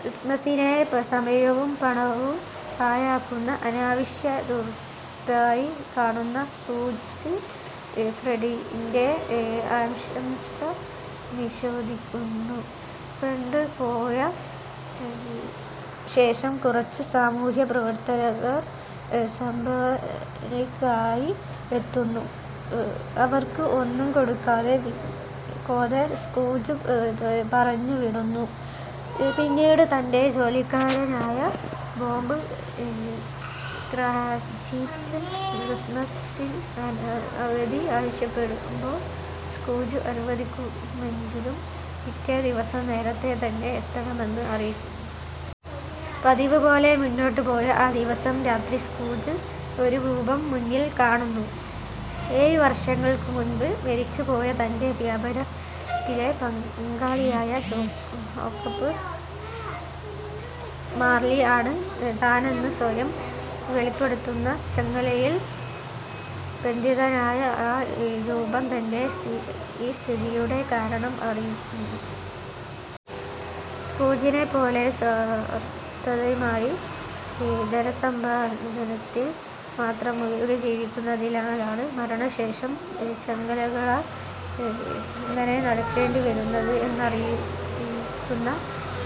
ക്രിസ്മസിനെ സമയവും പണവും പാഴാക്കുന്ന അനാവശ്യ ധൂർത്തായി കാണുന്ന സ്ക്രൂജ് ഫ്രഡിന്റെ ആശംസ നിഷേധിക്കുന്നു. ഫ്രെഡ് പോയ ശേഷം കുറച്ചു സാമൂഹ്യപ്രവർത്തകർ സംഭാവനയ്കായി എത്തുന്നു. അവർക്ക് ഒന്നും കൊടുക്കാതെ സ്ക്രൂജ് പറഞ്ഞുവിടുന്നു. പിന്നീട് തന്റെ ജോലിക്കാരനായ ബോബ് ക്റാചിറ്റ് ക്രിസ്മസിന് അവധി ആവശ്യപ്പെടുമ്പോൾ സ്ക്രൂജ് അനുവദിക്കുമെങ്കിലും പിറ്റേ ദിവസം നേരത്തെ തന്നെ എത്തണമെന്ന് അറിയിക്കുന്നു. പതിവ് പോലെ മുന്നോട്ടു പോയ ആ ദിവസം രാത്രി സ്ക്രൂജ് ഒരു രൂപം മുന്നിൽ കാണുന്നു. ഏഴ് വർഷങ്ങൾക്കുമുൻപ് മരിച്ചുപോയ തന്റെ വ്യാപാരത്തിലെ പങ്കാളിയായ ജേക്കബ് മാർലി ആണ് താനെന്ന് സ്വയം വെളിപ്പെടുത്തുന്ന ചങ്ങലയിൽ ബന്ധിതനായ ആ രൂപം തൻ്റെ ഈ സ്ഥിതിയുടെ കാരണം അറിയിക്കുന്നു. സ്ക്രൂജിനെപ്പോലെ സ്വാർത്ഥമായി ധനസമ്പാദനത്തിൽ മാത്രം മുഴുകി ജീവിച്ചിരുന്നതിനാലാണ് മരണശേഷം ചങ്ങലകളാൽ ഇങ്ങനെ നടക്കേണ്ടി വരുന്നത് എന്നറിയിക്കുന്ന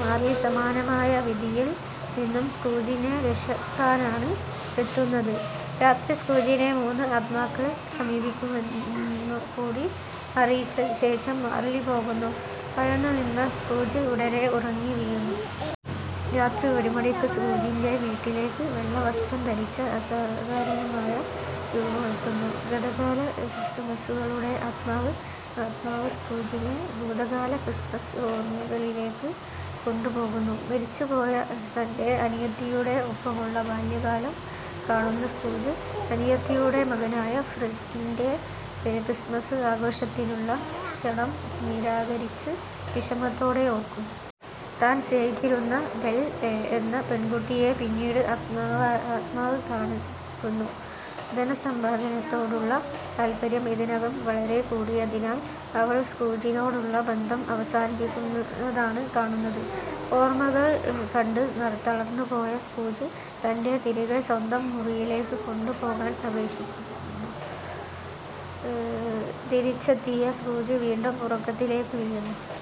മാർലി സമാനമായ വിധിയിൽ നിന്നും സ്ക്രൂജിനെ രക്ഷിക്കാനാണ് എത്തുന്നത്. രാത്രി സ്ക്രൂജിനെ മൂന്ന് ആത്മാക്കൾ സമീപിക്കുമെന്നുകൂടി അറിയിച്ച ശേഷം മാർലി പോകുന്നു. ഭയന്നുനിന്ന സ്ക്രൂജ് ഉടനേ ഉറങ്ങി വീഴുന്നു. രാത്രി ഒരു മണിയ്ക്ക് സ്ക്രൂജിന്റെ വീട്ടിലേക്ക് വെള്ളവസ്ത്രം ധരിച്ച അസാധാരണമായ രൂപം എത്തുന്നു. ഗതകാല ക്രിസ്മസുകളുടെ ആത്മാവ്. ആത്മാവ് സ്ക്രൂജിനെ ഭൂതകാല ക്രിസ്മസ് ഓർമകളിലേക്ക് കൊണ്ടുപോകുന്നു. മരിച്ചുപോയ തൻ്റെ അനിയത്തിയുടെ ഒപ്പമുള്ള ബാല്യകാലം കാണുന്ന സ്ക്രൂജ് അനിയത്തിയുടെ മകനായ ഫ്രെഡിന്റെ ക്രിസ്മസ് ആഘോഷത്തിനുള്ള ക്ഷണം നിരാകരിച്ചത് വിഷമത്തോടെ ഓർക്കുന്നു. താൻ സ്നേഹിച്ചിരുന്ന ബെൽ എന്ന പെൺകുട്ടിയെ പിന്നീട് ആത്മാവ് കാണിക്കുന്നു. ധനസമ്പാദനത്തോടുള്ള താല്പര്യം ഇതിനകം വളരെ കൂടിയതിനാൽ അവൾ സ്ക്രൂജിനോടുള്ള ബന്ധം അവസാനിപ്പിക്കുന്നതാണ് കാണുന്നത്. ഓർമ്മകൾ കണ്ട് തളർന്നുപോയ സ്ക്രൂജ് തന്നെ തിരികെ സ്വന്തം മുറിയിലേക്ക് കൊണ്ടുപോകാൻ അപേക്ഷിക്കിന്നു. തിരിച്ചെത്തിയെ സ്ക്രൂജ് വീണ്ടും ഉറക്കത്തിലേക്ക് വീഴുന്നു.